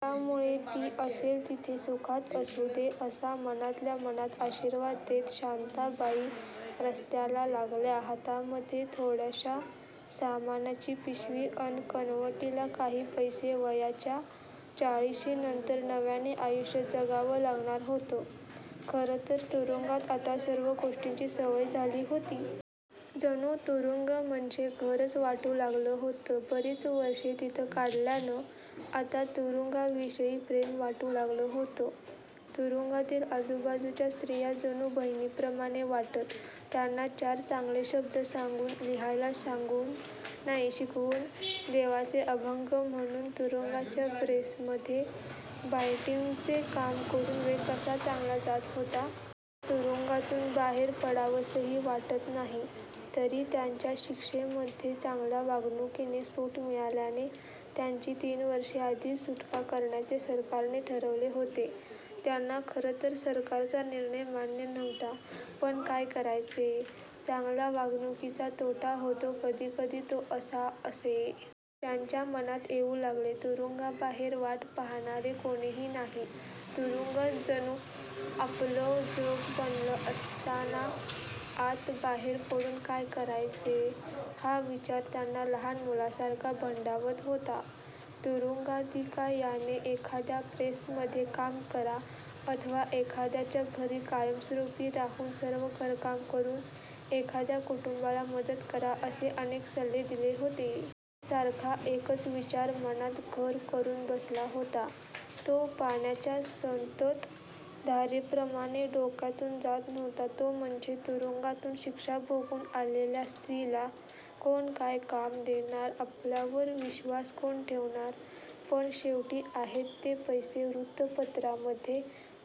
त्यामुळे ती असेल तिथे सुखात असू दे, असा मनातल्या मनात आशीर्वाद देत शांताबाई रस्त्याला लागल्या. हातामध्ये थोड्याशा सामानाची पिशवी अन् कनवटीला काही पैसे वयाच्या चाळीशीनंतर नव्याने आयुष्य जगावं लागणार होतं. खरंतर तुरुंगात आता सर्व गोष्टीची सवय झाली होती. जणू तुरुंग म्हणजे घरच वाटू लागलं होतं. बरीच वर्षे तिथं काढल्यानं आता तुरुंगाविषयी प्रेम वाटू लागलं होतं. तुरुंगातील आजूबाजूच्या स्त्रिया जणू बहिणीप्रमाणे वाटत. त्यांना चार चांगले शब्द सांगून, लिहायला शिकवून, देवाचे अभंग म्हणून, तुरुंगाच्या प्रेसमध्ये बाईंडिंगचे काम करून वेळ कसा चांगला जात होता. आता तुरुंगातून बाहेर पडावसंही वाटत नाही तरी त्यांच्या शिक्षेमध्ये चांगल्या वागणूकीने सूट मिळाल्याने त्यांची तीन वर्षे आधीच सुटका करण्याचे सरकारने ठरवले होते. त्यांना खरंतर सरकारचा निर्णय मान्य नव्हता. पण काय करायचे? चांगल्या वागणुकीचा तोटा होतो कधी-कधी तो असा.असे त्यांच्या मनात येऊ लागले. तुरुंगाबाहेर वाट पहाणारे कोणीही नाही. तुरुंगच जणू आपलं जग बनलं असताना आत बाहेर पडून काय करायचे? हा विचार त्यांना लहान मुलासारखा भंडावत होता. तुरुंगाधिका-याने एखाद्या प्रेसमध्ये काम करा, अथवा एखाद्याच्या घरी कायमस्वरुपी राहून सर्व घरकाम करून एखाद्या कुटुंबाला मदत करा असे अनेक सल्ले दिले होते. पण सारखा एकच विचार मनांत घर करुन बसला होता, तो पाण्याच्या संतत धारेप्रमाणे डोक्यातून जात नव्हता, तो म्हणजे तुरुंगातून शिक्षा भोगून आलेल्या स्त्रीला कोण काय काम देणार? आपल्यावर विश्वास कोण ठेवणार? पण शेवटी आहेत ते पैसे व्रुत्तपत्रामध्ये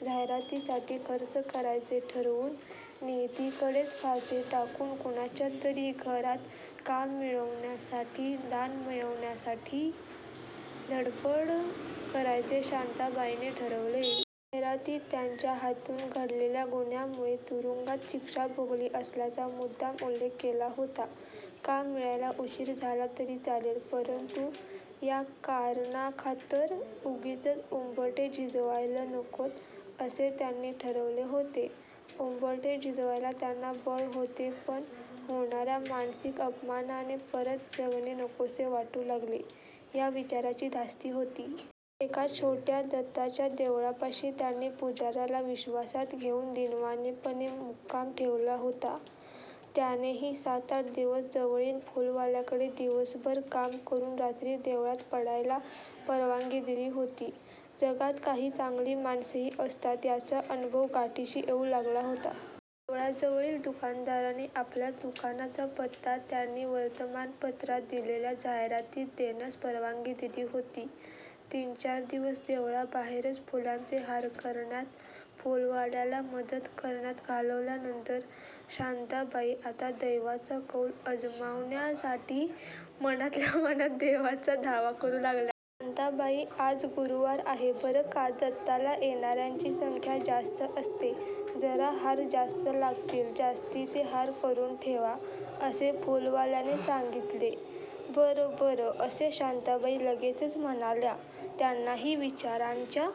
जाहिरातीसाठी खर्च करायचे ठरवून, नियतीकडेच फासे टाकून कुणाच्या तरी घरात काम मिळवण्यासाठीचे दान मिळवण्याची घड्पड करायचे शांताबाईंनी ठरवले. जाहिरातीत त्यांच्या हातून घडलेल्या गुन्ह्यामुळे तुरुंगात शिक्षा भोगली असल्याचा मुद्दाम उल्लेख केला होता. काम मिळायला उशीर झाला तरी चालेल परंतु या कारणाखातर उगीचच उंबरठे झिजवायल नकोत असे त्यांनी ठरवले होते. उंबरठे झिजवायला त्यांना बळ होते पण होणा-या मानसिक अपमानाने परत जगणे नकोसे वाटू लागेल या विचाराची धास्ती होती. एका छोट्या दत्ताच्या देवळापाशी त्यांनी पुजा-याला विश्वासात घेऊन दीनवाणेपणे मुक्काम ठेवला होता. त्यानेही सात्-आठ दिवस जवळील फुलवाल्याकडे दिवसभर काम करुन रात्री देवळात पडायला परवानगी दिली होती. जगात काही चांगली माणसेही असतात याचा अनुभव गाठीशी येऊ लागला होता. देवळाजवळील दुकानदाराने आपल्या दुकानाचा पत्ता त्यांनी वर्तमानपत्रात दिलेल्या जाहिरातीत देण्यास परवानगी दिली होती. तीन्-चार दिवस देवळाबाहेरच फुलांचे हार करण्यात फुलवाल्याला मदत करण्यात घालवल्यानंतर शांताबाई आता दैवाचा कौल अजमावण्यासाठी मनातल्या मनात देवाचा धावा करु लागल्या. "शांताबाई, आज गुरुवार आहे. बरं का, दत्ताला येणा-यांची संख्या जास्त असते. जरा हार जास्त लागतील. जास्तीचे हार करुन ठेवा. " असे फुलवाल्याने सांगितले. "बरं-बरं " असे शांताबाई लगेचच म्हणाल्या. त्यांनाही विचारांच्या--